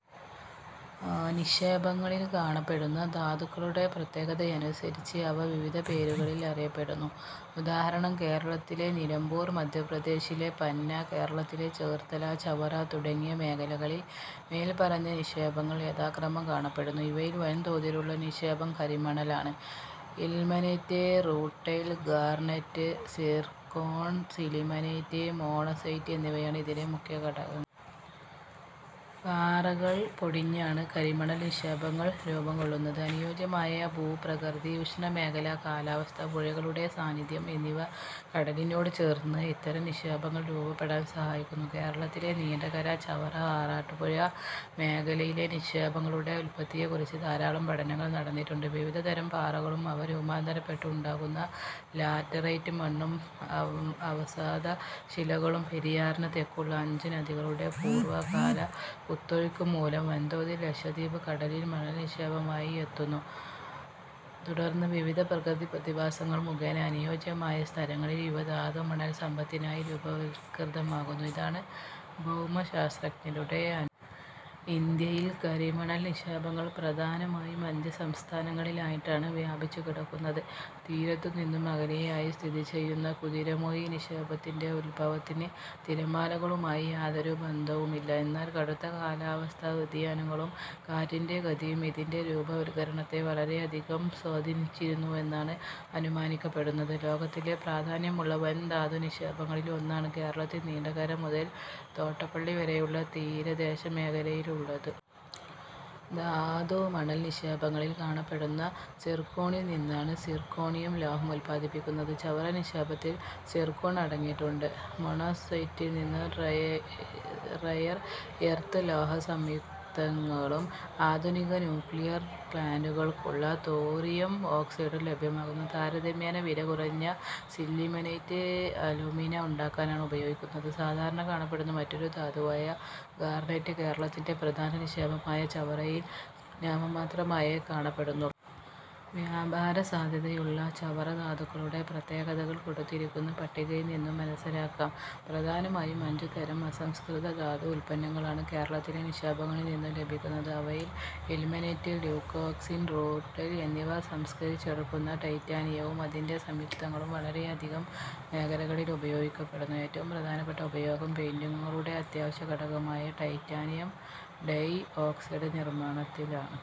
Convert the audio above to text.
നിക്ഷേപങ്ങളിൽ കാണപ്പെടുന്ന ധാതുക്കളുടെ പ്രത്യേകതയനുസരിച്ച് അവ വിവിധ പേരുകളിൽ അറിയപ്പെടുന്നു. ഉദാഹരണം:- കേരളത്തിലെ നിലമ്പൂർ, മധ്യപ്രദേശിലെ പന്ന, കേരളത്തിലെ ചേർത്തല, ചവറ തുടങ്ങിയ മേഖലകളിൽ മേല്പറഞ്ഞ നിക്ഷേപങ്ങൾ യഥാക്രമം കാണപ്പെടുന്നു. ഇവയിൽ വൻതോതിലുള്ള നിക്ഷേപം കരിമണലാണ്. Ilmenite, rutile, garnet, zircon, sillimanite, monazite എന്നിവയാണ് ഇതിലെ മുഖ്യ ഘടകങ്ങൾ. പാറകൾ പൊടിഞ്ഞാണ് കരിമണൽ നിക്ഷേപങ്ങൾ രൂപംകൊള്ളുന്നത്. അനുയോജ്യമായ ഭൂപ്രകൃതി, ഉഷ്ണമേഖലാ കാലാവസ്ഥ, പുഴകളുടെ സാന്നിധ്യം എന്നിവ കടലിനോട് ചേർന്ന് ഇത്തരം നിക്ഷേപങ്ങൾ രൂപപ്പെടാൻ സഹായിക്കുന്നു. കേരളത്തിലെ നീണ്ടകര-ചവറ-ആറാട്ടുപുഴ മേഖലയിലെ നിക്ഷേപങ്ങളുടെ ഉത്പത്തിയെക്കുറിച്ച് ധാരാളം പഠനങ്ങൾ നടന്നിട്ടുണ്ട്. വിവിധതരം പാറകളും അവ രൂപാന്തരപ്പെട്ട് ഉണ്ടാകുന്ന ലാറ്ററൈറ്റ് മണ്ണും അവസാദശിലകളും പെരിയാറിനു തെക്കുള്ള അഞ്ച് നദികളുടെ പൂർവകാല കുത്തൊഴുക്കുമൂലം വൻതോതിൽ ലക്ഷദ്വീപ് കടലിൽ മണൽനിക്ഷേപമായി എത്തുന്നു, തുടർന്ന് വിവിധ പ്രകൃതിപ്രതിഭാസങ്ങൾ മുഖേന അനുയോജ്യമായ സ്ഥലങ്ങളിൽ ഇവ ധാതുമണൽസമ്പത്തായി രൂപവത്കൃതമാകുന്നു: ഇതാണ് ഭൌമശാസ്ത്രജ്ഞരുടെ അനുമാനം. ഇന്ത്യയിൽ കരിമണൽ നിക്ഷേപങ്ങൾ പ്രധാനമായും അഞ്ച് സംസ്ഥാനങ്ങളിലായിട്ടാണ് വ്യാപിച്ചുകിടക്കുന്നത്. തീരത്തുനിന്ന് അകലെയായി സ്ഥിതിചെയ്യുന്ന കുതിരമൊഴി നിക്ഷേപത്തിന്റെ ഉദ്ഭവത്തിന് തിരമാലകളുമായി യാതൊരു ബന്ധവുമില്ല. എന്നാൽ കടുത്ത കാലാവസ്ഥാ വ്യതിയാനങ്ങളും കാറ്റിന്റെ ഗതിയും ഇതിന്റെ രൂപവത്കരണത്തെ വളരെയധികം സ്വാധീനിച്ചിരുന്നുവെന്നാണ് അനുമാനിക്കപ്പെടുന്നത്. ലോകത്തിലെ പ്രാധാന്യമുള്ള വൻ ധാതുനിക്ഷേപങ്ങളിൽ ഒന്നാണ് കേരളത്തിൽ നീണ്ടകര മുതൽ തോട്ടപ്പള്ളി വരെയുള്ള തീരദേശമേഖലയിൽ ഉള്ളത്. ധാതുമണൽ നിക്ഷേപങ്ങളിൽ കാണപ്പെടുന്ന സിർക്കോണിൽ നിന്നാണ് സിർക്കോണിയം ലോഹം ഉത്പാദിപ്പിക്കുന്നത്. ചവറ നിക്ഷേപത്തിൽ സിർക്കോൺ അടങ്ങിയിട്ടുണ്ട്. മോണസൈറ്റിൽനിന്ന് റെയർ എർത്ത് ലോഹസംയുക്തങ്ങളും ആധുനിക ന്യൂക്ലിയർ പ്ലാന്റുകൾക്കുള്ള തോറിയം ഓക്സൈഡും ലഭ്യമാകുന്നു. താരതമ്യേന വില കുറഞ്ഞ സില്ലിമനൈറ്റ് അലുമിന ഉണ്ടാക്കാനാണ് ഉപയോഗിക്കുന്നത്. സാധാരണ കാണപ്പെടുന്ന മറ്റൊരു ധാതുവായ ഗാർനറ്റ് കേരളത്തിന്റെ പ്രധാന നിക്ഷേപമായ ചവറയിൽ നാമമാത്രമായേ കാണപ്പെടുന്നുള്ളൂ. വ്യാപാരസാധ്യതയുള്ള ചവറധാതുക്കളുടെ പ്രത്യേകതകൾ കൊടുത്തിരിക്കുന്ന പട്ടികയിൽനിന്നു മനസ്സിലാക്കാം. പ്രധാനമായും അഞ്ചുതരം അസംസ്കൃത ധാതു ഉത്പന്നങ്ങളാണ് കേരളത്തിലെ നിക്ഷേപങ്ങളിൽനിന്നു ലഭിക്കുന്നത്. അവയിൽ ഇൽമനൈറ്റ്-ല്യൂക്കോക്സിൻ-റൂട്ടൈൽ എന്നിവ സംസ്കരിച്ചെടുക്കുന്ന ടൈറ്റാനിയവും അതിന്റെ സംയുക്തങ്ങളും വളരെയധികം മേഖലകളിൽ ഉപയോഗിക്കപ്പെടുന്നു. ഏറ്റവും പ്രധാനപ്പെട്ട ഉപയോഗം പെയിന്റുകളുടെ അത്യാവശ്യ ഘടകമായ ടൈറ്റാനിയം ഡൈഓക്സൈഡ് നിർമ്മാണത്തിലാണ്.